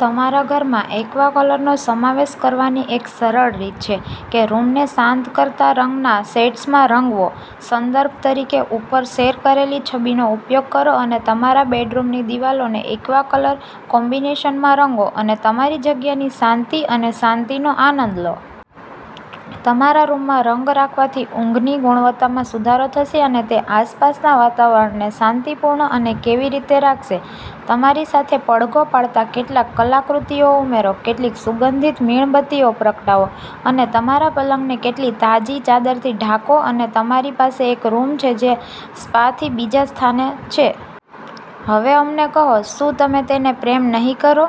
તમારા ઘરમાં એક્વા કલરનો સમાવેશ કરવાની એક સરળ રીત છે કે રૂમને શાંત કરતા રંગના શેડ્સમાં રંગવો. સંદર્ભ તરીકે ઉપર શેર કરેલી છબીનો ઉપયોગ કરો અને તમારા બેડરૂમની દિવાલોને એક્વા કલર કોમ્બિનેશનમાં રંગો અને તમારી જગ્યાની શાંતિ અને શાંતિનો આનંદ લો. તમારા રૂમમાં રંગ રાખવાથી ઊંઘની ગુણવત્તામાં સુધારો થશે અને તે આસપાસના વાતાવરણને શાંતિપૂર્ણ અને કેવી રીતે રાખશે. તમારી સાથે પડઘો પાડતા કેટલાક કલાકૃતિઓ ઉમેરો, કેટલીક સુગંધિત મીણબત્તીઓ પ્રગટાવો, અને તમારા પલંગને કેટલીક તાજી ચાદરથી ઢાંકોઅને તમારી પાસે એક રૂમ છે જે સ્પાથી બીજા સ્થાને છે. હવે અમને કહો, શું તમે તેને પ્રેમ નહીં કરો?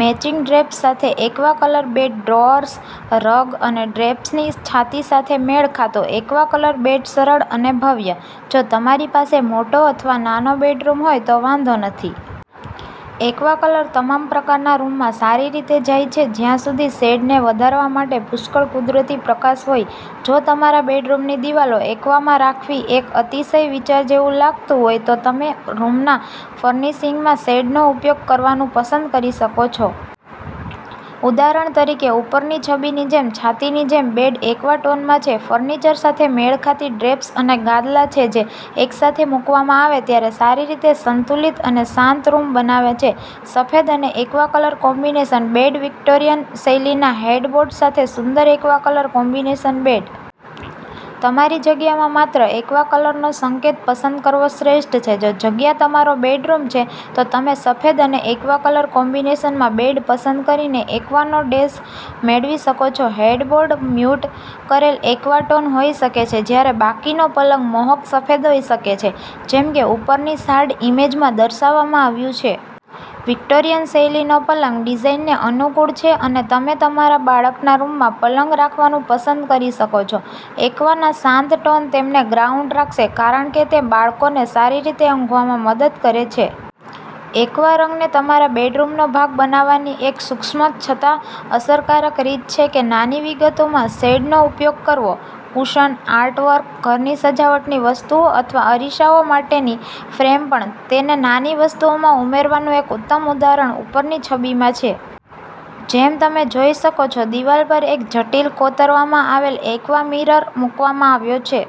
મેચિંગ ડ્રેપ્સ સાથે aqua colour bed drawers, rug અને ડ્રેપ્સની છાતી સાથે મેળ ખાતો એક્વા કલર બેડ સરળ અને ભવ્ય. જો તમારી પાસે મોટો અથવા નાનો બેડરૂમ હોય તો વાંધો નથી. એક્વા કલર તમામ પ્રકારના રૂમમાં સારી રીતે જાય છે જ્યાં સુધી શેડને વધારવા માટે પુષ્કળ કુદરતી પ્રકાશ હોય. જો તમારા બેડરૂમની દીવાલો એક્વામાં રાખવી એક અતિશય વિચાર જેવું લાગતું હોય, તો તમે રૂમના ફર્નિશિંગમાં શેડનો ઉપયોગ કરવાનું પસંદ કરી શકો છો. ઉદાહરણ તરીકે, ઉપરની છબીની જેમ છાતીની જેમ બેડ એક્વા ટોનમાં છે. ફર્નિચર સાથે મેળ ખાતી ડ્રેપ્સ અને ગાદલા છે જે એકસાથે મૂકવામાં આવે ત્યારે સારી રીતે સંતુલિત અને શાંત રૂમ બનાવે છે. સફેદ અને aqua colour combination bed Victorian શૈલીના હેડબોર્ડ સાથે સુંદર એક્વા કલર કોમ્બિનેશન બેડ. તમારી જગ્યામાં માત્ર એક્વા કલરનો સંકેત પસંદ કરવો શ્રેષ્ઠ છે. જો જગ્યા તમારો બેડરૂમ છે, તો તમે સફેદ અને એક્વા કલર કોમ્બિનેશનમાં બેડ પસંદ કરીને એક્વાનો ડૅશ મેળવી શકો છો. હેડબોર્ડ મ્યૂટ કરેલ એક્વા ટોન હોઈ શકે છે જ્યારે બાકીનો પલંગ મોહક સફેદ હોઈ શકે છે જેમ કે ઉપરની શાર્ડ ઈમેજમાં દર્શાવવામાં આવ્યું છે. વિક્ટોરિયન શૈલીનો પલંગ ડિઝાઇનને અનુકૂળ છે અને તમે તમારા બાળકના રૂમમાં પલંગ રાખવાનું પસંદ કરી શકો છો. એક્વાના શાંત ટોન તેમને ગ્રાઉન્ડ રાખશે કારણ કે તે બાળકોને સારી રીતે ઊંઘવામાં મદદ કરે છે. એક્વા રંગને તમારા બેડરૂમનો ભાગ બનાવવાની એક સૂક્ષ્મ છતાં અસરકારક રીત છે કે નાની વિગતોમાં શેડનો ઉપયોગ કરવો. કુશન, આર્ટવર્ક, ઘરની સજાવટની વસ્તુઓ અથવા અરીસાઓ માટેની ફ્રેમ પણ. તેને નાની વસ્તુઓમાં ઉમેરવાનું એક ઉત્તમ ઉદાહરણ ઉપરની છબીમાં છે. જેમ તમે જોઈ શકો છો, દિવાલ પર એક જટિલ કોતરવામાં આવેલ એક્વા મિરર મૂકવામાં આવ્યો છે.